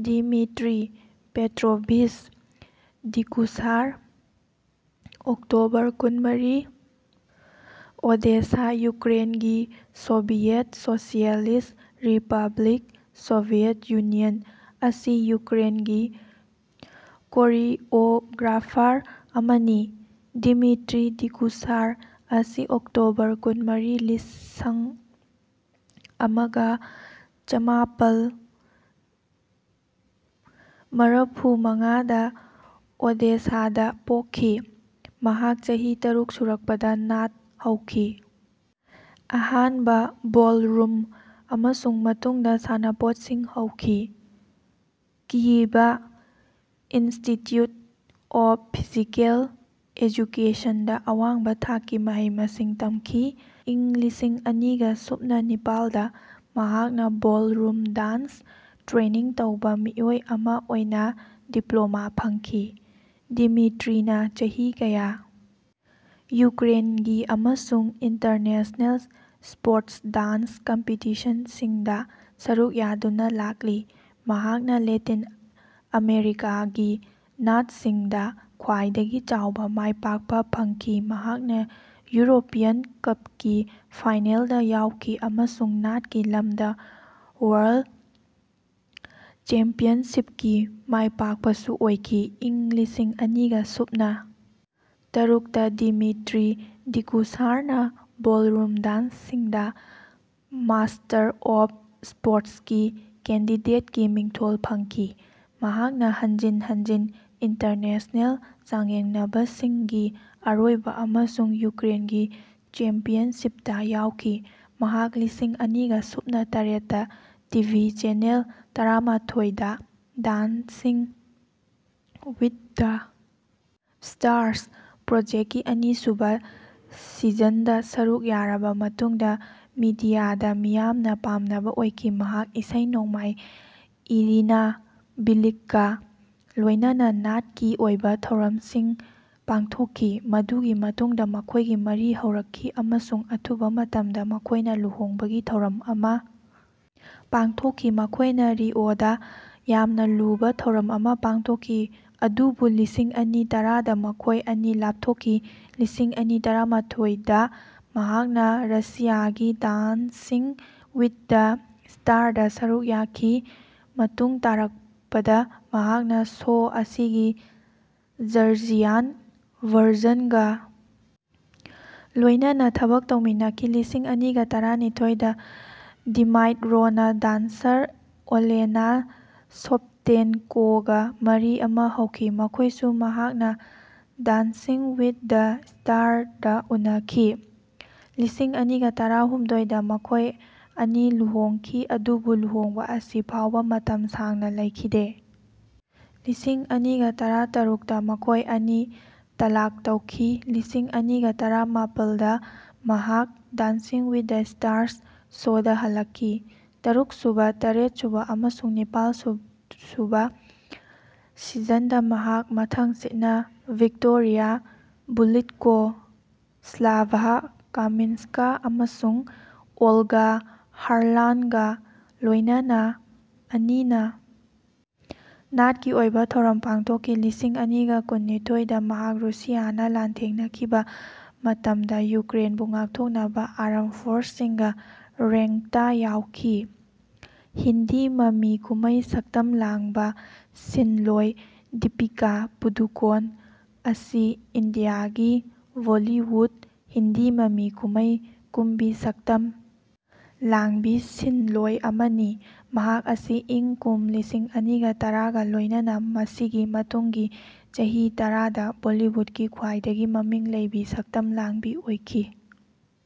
"Dmitry Petrovich Dikusar (October ꯀꯨꯟꯃꯔꯤ, Odesa, ꯌꯨꯀ꯭ꯔꯦꯟꯒꯤ Soviet Socialist Republic, Soviet Union) ꯑꯁꯤ ꯌꯨꯀ꯭ꯔꯦꯟꯒꯤ ꯀꯣꯔꯤꯑꯣꯒ꯭ꯔꯥꯐꯥꯔ ꯑꯃꯅꯤ꯫ ꯗꯤꯃꯤꯇ꯭ꯔꯤ ꯗꯤꯀꯨꯁꯥꯔ ꯑꯁꯤ ꯑꯣꯛꯇꯣꯕꯔ ꯀꯨꯟꯃꯔꯤ, ꯂꯤꯁꯡ ꯑꯃꯒ ꯆꯃꯥꯄꯜ ꯃꯔꯐꯨꯃꯉꯥꯗ ꯑꯣꯗꯦꯁꯥꯗꯥ ꯄꯣꯛꯈꯤ꯫ ꯃꯍꯥꯛ ꯆꯍꯤ ꯇꯔꯨꯛ ꯁꯨꯔꯛꯄꯗꯥ ꯅꯥꯠ ꯍꯧꯈꯤ, ꯑꯍꯥꯟꯕ ꯕꯣꯜꯔꯨꯝ, ꯑꯃꯁꯨꯡ ꯃꯇꯨꯡꯗꯥ ꯁꯥꯟꯅꯄꯣꯠꯁꯤꯡ ꯍꯧꯈꯤ꯫ ꯀ꯭ꯌꯤꯕ ꯏꯟꯁꯇꯤꯇ꯭ꯌꯨꯠ ꯑꯣꯐ ꯐꯤꯖꯤꯀꯦꯜ ꯑꯦꯖꯨꯀꯦꯁꯟꯗꯥ ꯑꯋꯥꯡꯕꯥ ꯊꯥꯛꯀꯤ ꯃꯍꯩ-ꯃꯁꯤꯡ ꯇꯝꯈꯤ, ꯏꯪ ꯂꯤꯁꯤꯡ ꯑꯅꯤꯒꯥ ꯁꯨꯞꯅꯥ ꯅꯤꯄꯥꯜꯗ ꯃꯍꯥꯛꯅ ꯕꯣꯜꯔꯨꯝ ꯗꯥꯟꯁ ꯇ꯭ꯔꯦꯅꯤꯡ ꯇꯧꯕ ꯃꯤꯑꯣꯏ ꯑꯃ ꯑꯣꯏꯅ ꯗꯤꯄ꯭ꯂꯣꯃꯥ ꯐꯪꯈꯤ꯫ ꯗꯤꯃꯤꯇ꯭ꯔꯤꯅꯥ ꯆꯍꯤ ꯀꯌꯥ ꯌꯨꯀ꯭ꯔꯦꯟꯒꯤ ꯑꯃꯁꯨꯡ ꯏꯟꯇꯔꯅꯦꯁꯅꯦꯜ ꯁ꯭ꯄꯣꯔꯠꯁ ꯗꯥꯟꯁ ꯀꯝꯄꯤꯇꯤꯁꯟꯁꯤꯡꯗꯥ ꯁꯔꯨꯛ ꯌꯥꯗꯨꯅ ꯂꯥꯛꯂꯤ꯫ ꯃꯍꯥꯛꯅ ꯂꯦꯇꯤꯟ ꯑꯃꯦꯔꯤꯀꯥꯒꯤ ꯅꯥꯠꯁꯤꯡꯗ ꯈ꯭ꯋꯥꯏꯗꯒꯤ ꯆꯥꯎꯕ ꯃꯥꯏꯄꯥꯛꯄ ꯐꯪꯈꯤ ꯃꯍꯥꯛꯅ ꯌꯨꯔꯣꯄꯤꯌꯟ ꯀꯞꯀꯤ ꯐꯥꯏꯅꯦꯜꯗꯥ ꯌꯥꯎꯈꯤ, ꯑꯃꯁꯨꯡ ꯅꯥꯠꯀꯤ ꯂꯝꯗꯥ ꯋꯥꯔꯜ ꯆꯦꯝꯄꯤꯌꯟꯁꯤꯞꯀꯤ ꯃꯥꯏꯄꯥꯛꯄꯁꯨ ꯑꯣꯏꯈꯤ꯫ ꯏꯪ ꯂꯤꯁꯤꯡ ꯑꯅꯤꯒꯥ ꯁꯨꯞꯅꯥ ꯇꯔꯨꯛꯇꯥ ꯗꯤꯃꯤꯇ꯭ꯔꯤ ꯗꯤꯀꯨꯁꯥꯔꯅꯥ ꯕꯣꯜꯔꯨꯝ ꯗꯥꯟꯁꯤꯡꯗꯥ ꯃꯥꯁꯇꯔ ꯑꯣꯐ ꯁ꯭ꯄꯣꯔꯠꯁꯀꯤ ꯀꯦꯟꯗꯤꯗꯦꯠꯀꯤ ꯃꯤꯡꯊꯣꯜ ꯐꯪꯈꯤ꯫ ꯃꯍꯥꯛꯅ ꯍꯟꯖꯤꯟ ꯍꯟꯖꯤꯟ ꯏꯟꯇꯔꯅꯦꯁꯅꯦꯜ ꯆꯥꯡꯌꯦꯡꯅꯕꯁꯤꯡꯒꯤ ꯑꯔꯣꯏꯕ ꯑꯃꯁꯨꯡ ꯌꯨꯀ꯭ꯔꯦꯟꯒꯤ ꯆꯦꯝꯄꯤꯌꯟꯁꯤꯞꯇꯥ ꯌꯥꯎꯈꯤ꯫ ꯃꯍꯥꯛ ꯂꯤꯁꯤꯡ ꯑꯅꯤꯒꯥ ꯁꯨꯞꯅꯥ ꯇꯔꯦꯠꯇꯥ ꯇꯤꯚꯤ ꯆꯦꯅꯦꯜ ꯇꯔꯥꯃꯥꯊꯣꯏ ꯗꯥ "ꯗꯥꯟꯁꯤꯡ ꯋꯤꯠ ꯗ ꯁ꯭ꯇꯥꯔꯁ" ꯄ꯭ꯔꯣꯖꯦꯛꯀꯤ ꯑꯅꯤꯁꯨꯕ ꯁꯤꯖꯟꯗꯥ ꯁꯔꯨꯛ ꯌꯥꯔꯕ ꯃꯇꯨꯡꯗ ꯃꯤꯗꯤꯌꯥꯗꯥ ꯃꯤꯌꯥꯝꯅ ꯄꯥꯝꯅꯕ ꯑꯣꯏꯈꯤ꯫ ꯃꯍꯥꯛ ꯏꯁꯩ ꯅꯣꯡꯃꯥꯏ ꯏꯔꯤꯅꯥ ꯕꯤꯂꯤꯛꯀꯥ ꯂꯣꯏꯅꯅꯥ ꯅꯥꯠꯀꯤ ꯑꯣꯏꯕ ꯊꯧꯔꯝꯁꯤꯡ ꯄꯥꯡꯊꯣꯛꯈꯤ꯫ ꯃꯗꯨꯒꯤ ꯃꯇꯨꯡꯗ ꯃꯈꯣꯏꯒꯤ ꯃꯔꯤ ꯍꯧꯔꯛꯈꯤ, ꯑꯃꯁꯨꯡ ꯑꯊꯨꯕ ꯃꯇꯝꯗ ꯃꯈꯣꯏꯅ ꯂꯨꯍꯣꯡꯕꯒꯤ ꯊꯧꯔꯝ ꯑꯃ ꯄꯥꯡꯊꯣꯛꯈꯤ, ꯃꯈꯣꯏꯅ ꯔꯤꯑꯣꯗꯥ ꯌꯥꯝꯅ ꯂꯨꯕꯥ ꯊꯧꯔꯝ ꯑꯃ ꯄꯥꯡꯊꯣꯛꯈꯤ꯫ ꯑꯗꯨꯕꯨ ꯂꯤꯁꯤꯡ ꯑꯅꯤ ꯇꯔꯥꯗ ꯃꯈꯣꯏ ꯑꯅꯤ ꯂꯥꯞꯊꯣꯛꯈꯤ꯫ ꯂꯤꯁꯤꯡ ꯑꯅꯤ ꯇꯔꯥꯃꯥꯊꯣꯏꯗꯥ ꯃꯍꯥꯛꯅ ꯔꯁꯤꯌꯥꯒꯤ "ꯗꯥꯟꯁꯤꯡ ꯋꯤꯠ ꯗꯤ ꯁ꯭ꯇꯥꯔꯁ"ꯗꯥ ꯁꯔꯨꯛ ꯌꯥꯈꯤ꯫ ꯃꯇꯨꯡ ꯇꯥꯔꯛꯄꯗꯥ ꯃꯍꯥꯛꯅ ꯁꯣ ꯑꯁꯤꯒꯤ ꯖꯔꯖꯤꯌꯥꯟ ꯚꯔꯖꯟꯒꯥ ꯂꯣꯏꯅꯅꯥ ꯊꯕꯛ ꯇꯧꯃꯤꯟꯅꯈꯤ꯫ ꯂꯤꯁꯤꯡ ꯑꯅꯤꯒꯥ ꯇꯔꯥꯅꯤꯊꯣꯏꯗꯥ ꯗꯤꯃꯥꯏꯠꯔꯣꯅꯥ ꯗꯥꯟꯁꯥꯔ ꯑꯣꯂꯦꯅꯥ ꯁꯣꯞꯇꯦꯟꯀꯣꯒꯥ ꯃꯔꯤ ꯑꯃ ꯍꯧꯈꯤ, ꯃꯈꯣꯏꯁꯨ ꯃꯍꯥꯛꯅ ꯗꯥꯟꯁꯤꯡ ꯋꯤꯠ ꯗꯤ ꯁ꯭ꯇꯥꯔꯁꯇꯥ ꯎꯅꯈꯤ꯫ ꯂꯤꯁꯤꯡ ꯑꯅꯤꯒ ꯇꯔꯥꯍꯨꯝꯗꯣꯏꯗꯥ ꯃꯈꯣꯏ ꯑꯅꯤ ꯂꯨꯍꯣꯡꯈꯤ꯫ ꯑꯗꯨꯕꯨ ꯂꯨꯍꯣꯡꯕ ꯑꯁꯤ ꯐꯥꯎꯕ ꯃꯇꯝ ꯁꯥꯡꯅ ꯂꯩꯈꯤꯗꯦ ꯂꯤꯁꯤꯡ ꯑꯅꯤꯒ ꯇꯔꯥꯇꯔꯨꯛꯇꯥ ꯃꯈꯣꯏ ꯑꯅꯤ ꯇꯂꯥꯛ ꯇꯧꯈꯤ꯫ ꯂꯤꯁꯤꯡ ꯑꯅꯤꯒ ꯇꯔꯥꯃꯥꯄꯜꯗꯥ ꯃꯍꯥꯛ "ꯗꯥꯟꯁꯤꯡ ꯋꯤꯠ ꯗ ꯁ꯭ꯇꯥꯔꯁ" ꯁꯣꯗꯥ ꯍꯜꯂꯛꯈꯤ꯫ ꯇꯔꯨꯛꯁꯨꯕꯥ, ꯇꯔꯦꯠꯁꯨꯕꯥ ꯑꯃꯁꯨꯡ ꯅꯤꯄꯥꯜꯁꯨꯕꯥ ꯁꯤꯖꯟꯗꯥ ꯃꯍꯥꯛ ꯃꯊꯪꯁꯤꯠꯅꯥ ꯚꯤꯛꯇꯣꯔꯤꯌꯥ ꯕꯨꯂꯤꯠꯀꯣ, ꯁ꯭ꯂꯥꯚꯥ ꯀꯥꯃꯤꯟꯁ꯭ꯀꯥ ꯑꯃꯁꯨꯡ ꯑꯣꯜꯒꯥ ꯍꯥꯔꯂꯥꯟꯒꯥ ꯂꯣꯏꯅꯅꯥ ꯑꯅꯤꯅ ꯅꯥꯠꯀꯤ ꯑꯣꯏꯕ ꯊꯧꯔꯝ ꯄꯥꯡꯊꯣꯛꯈꯤ꯫ ꯂꯤꯁꯤꯡ ꯑꯅꯤꯒ ꯀꯨꯟꯅꯤꯊꯣꯏꯗꯥ ꯃꯍꯥꯛ ꯔꯨꯁꯤꯌꯥꯅ ꯂꯥꯟꯊꯦꯡꯅꯈꯤꯕꯥ ꯃꯇꯝꯗ ꯌꯨꯀ꯭ꯔꯦꯟꯕꯨ ꯉꯥꯛꯊꯣꯛꯅꯕꯥ ꯑꯥꯔꯝ ꯐꯣꯔꯁꯁꯤꯡꯒꯤ ꯔꯦꯡꯇꯥ ꯌꯥꯎꯈꯤ꯫ ꯍꯤꯟꯗꯤ ꯃꯃꯤ ꯀꯨꯝꯃꯩ ꯁꯛꯇꯝ ꯂꯥꯡꯕ ꯁꯤꯟꯂꯣꯢ ꯗꯤꯄꯤꯀꯥ ꯄꯨꯗꯨꯀꯣꯟ ꯑꯁꯤ ꯏꯟꯗꯤꯌꯥꯒꯤ ꯕꯣꯜꯂꯤꯋꯨꯠ (ꯍꯤꯟꯗꯤ ꯃꯃꯤ ꯀꯨꯝꯍꯩ) ꯀꯨꯝꯕꯤ ꯁꯛꯇꯝ ꯂꯥꯡꯕꯤ ꯁꯤꯟꯂꯣꯢ ꯑꯃꯅꯤ꯫ ꯃꯍꯥꯛ ꯑꯁꯤ ꯏꯪ ꯀꯨꯝ ꯂꯤꯁꯤꯡ ꯑꯅꯤꯒ ꯇꯔꯥꯒ ꯂꯣꯢꯅꯅ ꯃꯁꯤꯒꯤ ꯃꯇꯨꯡꯒꯤ ꯆꯍꯤ ꯇꯔꯥ ꯗ ꯕꯣꯜꯂꯤꯋꯨꯠꯀꯤ ꯈ꯭ꯋꯥꯢꯗꯒꯤ ꯃꯃꯤꯡ ꯂꯩꯕꯤ ꯁꯛꯇꯝ ꯂꯥꯡꯕꯤ ꯑꯣꯢꯈꯤ꯫